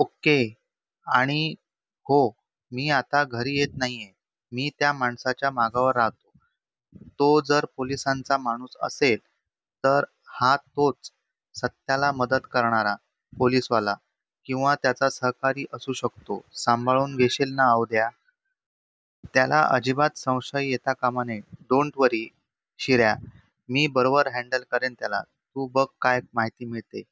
Okay? " आणि हो मी आता घरी येत नाहीये. मी त्या माणसाच्या मागावर राहतो. तो जर पोलीसांचा माणूस असेल तर हा तोच, सत्याला मदत करणारा पोलीसवाला, किंवा त्याचा सहकारी असू शकतो. सांभाळुन घेशील ना औध्या? त्याला अजिबात संशय येता कामा नये. "डोंट वरी, शिर्या. मी बरोबर हँडल करेन त्याला. तू बघ काय माहिती मिळते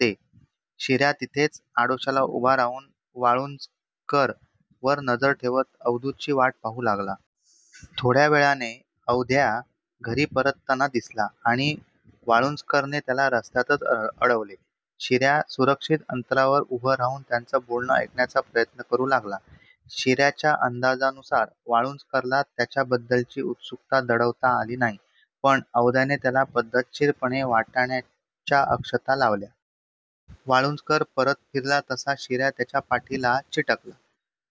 ते? " शिर्या तिथेच आडोश्याला उभा राहून वाळूंजकरवर नजर ठेवत अवधूतची वाट पाहू लागला. थोड्या वेळाने औध्या घरी परतताना दिसला आणि वाळूम्जकरने त्याला रस्त्यातच अडवले. शिर्या सुरक्षीत अंतरावर उभा राहून त्यांचे बोलणे ऐकण्याचा प्रयत्न करू लागला. शिर्याच्या अंदाजानुसार वाळूंजकरला त्याच्याबद्दलची उत्सुकता दडवता आली नाही. पण औध्याने त्याला पद्धतशीरपणे वाटाण्याच्या अक्षता लावल्या. वाळूंजकर परत फिरला तसा शिर्या त्याच्या पाठीला चिकटला.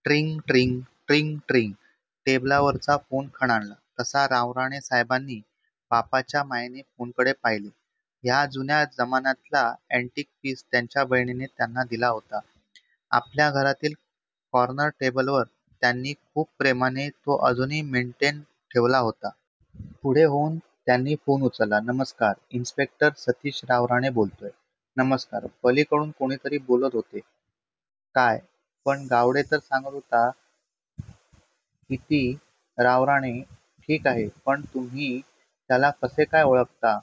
"ट्रिंग ट्रिंग... ट्रिंग ट्रिंग... टेबलावरचा फोन खणखणला तसा रावराणे साहेबांनी बापाच्या मायेने फोनकडे पाहीले. हा जुन्या जमान्यातला अॅंटिक पीस त्यांच्या बहिणीने त्यांना दिला होता. आपल्या घरातील कॉर्नर टेबलवर त्यांनी खुप प्रेमाने तो अजुनही मेनटेन ठेवला होता. पुढे होवून त्यांनी फोन उचलला.... "नमस्कार, इन्स्पे. सतीश रावराणे बोलतोय. "" नमस्कार,............ " पलिकडून कोणीतरी बोलत होते.. "काय, पण गावडे तर सांगत होता...... " इति रावराणे "ठिक आहे, पण तूम्ही त्याला कसे काय ओळखता?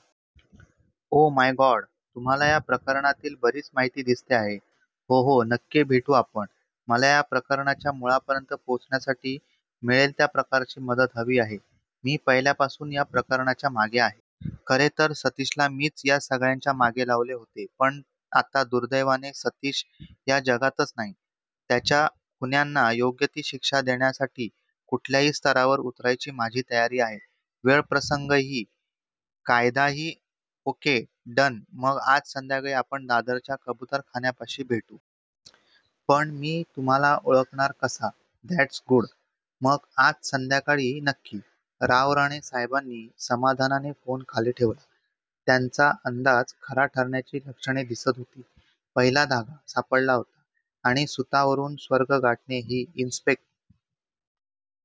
" "ओ माय गॉड, तुम्हाला या प्रकरणातली बरीच माहिती दिसते आहे. " "हो हो नक्की भेटू आपण. मला या प्रकरणाच्या मुळापर्यंत पोहोचण्यासाठी मिळेल त्या प्रकारची मदत हवी आहे. " "मी पहिल्यापासुन या प्रकरणाच्या मागे आहे. खरेतर सतीशला मीच या सगळ्याच्या मागे लावले होते. पण आता दुर्दैवाने सतीश या जगातच नाही. त्याच्या खुन्यांना योग्य ती शिक्षा देण्यासाठी कुठल्याही स्तराला उतरायची माझी तयारी आहे. वेळप्रसंगी कायदाही............ " "ओक्के, डन! मग आज संध्याकाळी आपण दादरच्या कबुतरखान्यापाशी भेटू. पण मी तुम्हाला ओळखणार कसा? " "दॅट्स गुड! मग आज संध्याकाळी नक्की. " रावराणेसाहेबांनी समाधानाने फोन खाली ठेवला. त्यांचा अंदाज खरा ठरण्याची लक्षणे दिसत होती. पहिला धागा सापडला होता. आणि सुतावरून स्वर्ग गाठणे ही इन्स्पे.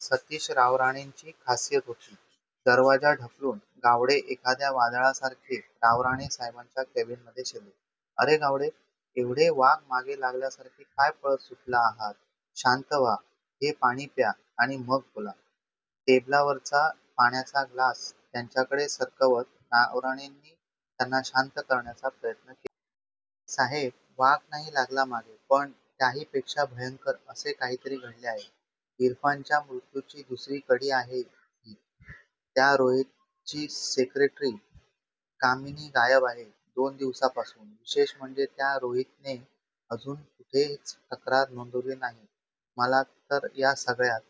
सतीश रावराणेंची खासियत होती. दरवाजा ढकलून गावडे एखाद्या वादळासारखे रावराणे साहेबांच्या केबीनमध्ये शिरले. "अरे गावडे, एवढे वाघ मागे लागल्यासारखे काय पळत सुटला आहात. शांत व्हा, हे पाणी प्या आणि मग बोला. " टेबलावरचा पाण्याचा ग्लास त्यांच्याकडे सरकवत रावराणेंनी त्यांना शांत करण्याचा प्रयत्न केला. "साहेब वाघ नाही लागला मागे, पण त्याहीपेक्षा भयंकर असे काहीतरी घडले आहे. इरफानच्या मृत्युची दुसरी कडी आहे ही. त्या रोहीतची सेक्रेटरी कामिनी गायब आहे दोन दिवसापासून. विशेष म्हणजे त्या रोहीतने अजुनही कुठेच तक्रार नोंदवलेली नाही. मला तर या सगळ्यात